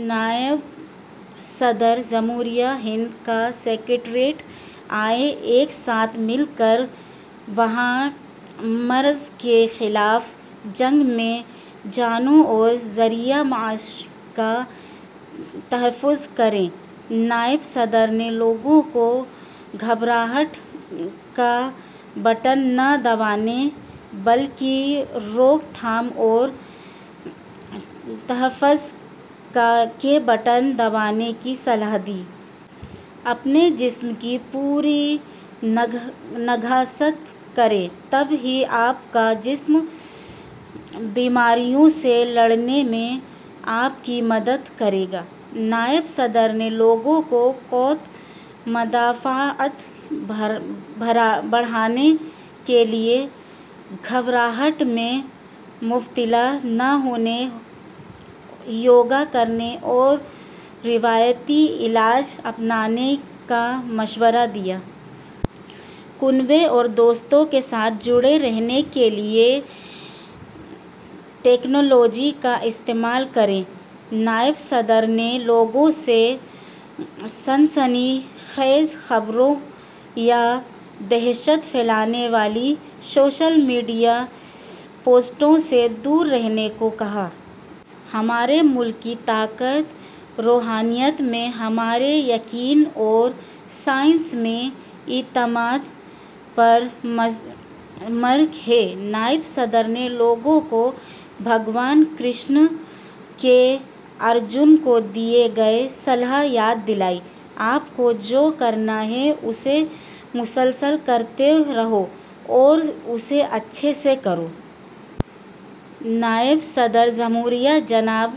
نائب صدر جمہوریہ ہند کا سکریٹریٹ۔ آئیے ایک ساتھ مل کر وبائی مرض کے خلاف جنگ میں جانوں اور ذریعہ معاش کا تحفظ کریں۔ نائب صدر نے لوگوں کو گھبراہٹ کا بٹن نہ دبانے بلکہ روک تھام اور تحفظ کے بٹن دبانے کی صلاح دی۔ اپنے جسم کی پوری نگہداشت کریں، تب ہی آپ کا جسم بیماریوں سے لڑنے میں آپ کی مدد کرے گا۔ نائب صدر نے لوگوں کو قوت مدافعت بڑھانے کے لیے گھبراہٹ میں مبتلا نہ ہونے، یوگا کرنے اور روایتی علاج اپنانے کا مشورہ دیا۔ کنبہ اور دوستوں کے ساتھ جڑے رہنے کے لیے ٹیکنالوجی کا استعمال کریں۔ نائب صدر نے لوگوں سے سنسنی خیز خبروں یا دہشت پھیلانے والی سوشل میڈیا پوسٹوں سے دور رہنے کو کہا۔ ہمارے ملک کی طاقت روحانیت میں ہمارے یقین اور سائنس میں اعتماد پر مضمر ہے۔ نائب صدر نے لوگوں کو بھگوان کرشن کی ارجن کو دی گئی صلاح یاد دلائی، آپ کو جو کرنا ہے اسے مسلسل کرتے رہو اور اسے اچھے سے کرو۔ نائب صدر جمہوریہ جناب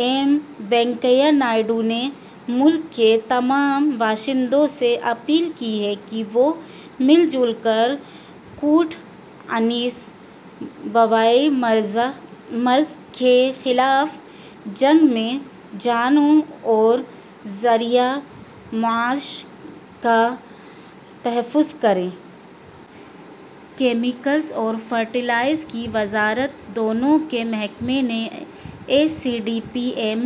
ایم وینکیا نائیڈو نے ملک کے تمام باشندوں سے اپیل کی ہے کہ وہ مل جل کر کووڈ انیس وبائی مرض کے خلاف جنگ میں جانوں اور ذریعہ معاش کا تحفظ کریں۔ کیمیکلز اور فرٹیلائزر کی وزارت، دواؤں کے محکمے نے، S C D P M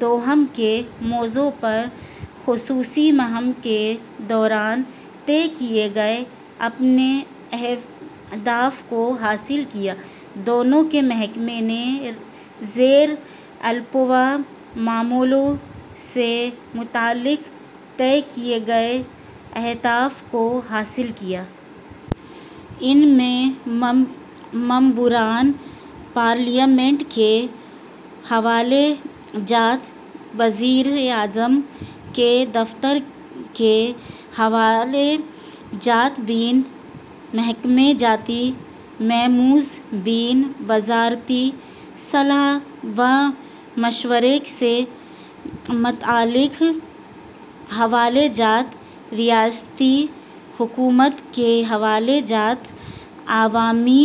دوئم کے موضوع پر خصوصی مہم کے دوران طے کیے گئے اپنے اہداف کو حاصل کیا۔ دواؤں کے محکمے نے زیر التوا معاملوں سے متعلق طے کیے گئے اہداف کو حاصل کیا۔ ان میں ممبران پارلیمنٹ کے حوالہ جات، وزیر اعظم کے دفتر کے حوالہ جات، بین محکمہ جاتی میموز، بین وزارتی صلاح و مشورے سے متعلق حوالہ جات، ریاستی حکومت کے حوالہ جات، عوامی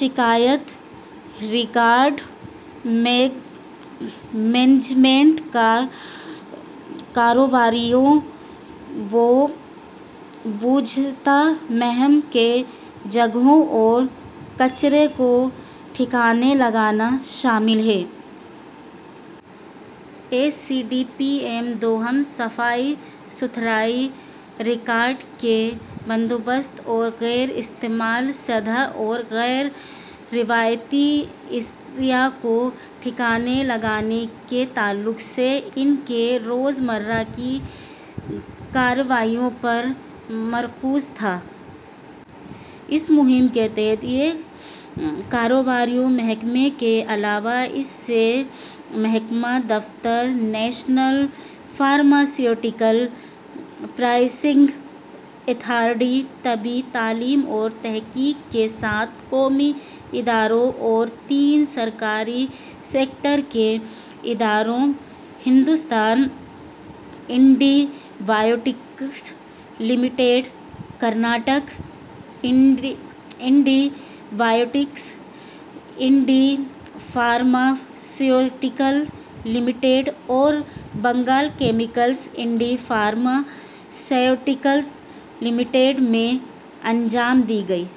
شکایات، ریکارڈ مینجمنٹ، کارروائیاں، سووچھتا مہم کی جگہوں اور کچرے کو ٹھکانے لگانا شامل ہے۔ S C D P M دوئم صفائی ستھرائی، ریکارڈ کے بندوبست اور غیر استعمال شدہ اور غیر روایتی اشیا کو ٹھکانے لگانے کے تعلق سے ان کی روز مرہ کی کارروائیوں پر مرکوز تھا۔ اس مہم کے تحت یہ کارروائیاں محکمے کے علاوہ اس سے ملحقہ دفتر، نیشنل فارماسیوٹیکل پرائسنگ اتھارٹی، طبی تعلیم اور تحقیق کے سات قومی اداروں اور تین سرکاری سیکٹر کے اداروں، Hindustan anti biotics limited, Karnataka anti biotics and pharmaceutical limited اور Bengal chemicals and pharmaceutical limited میں انجام دی گئیں۔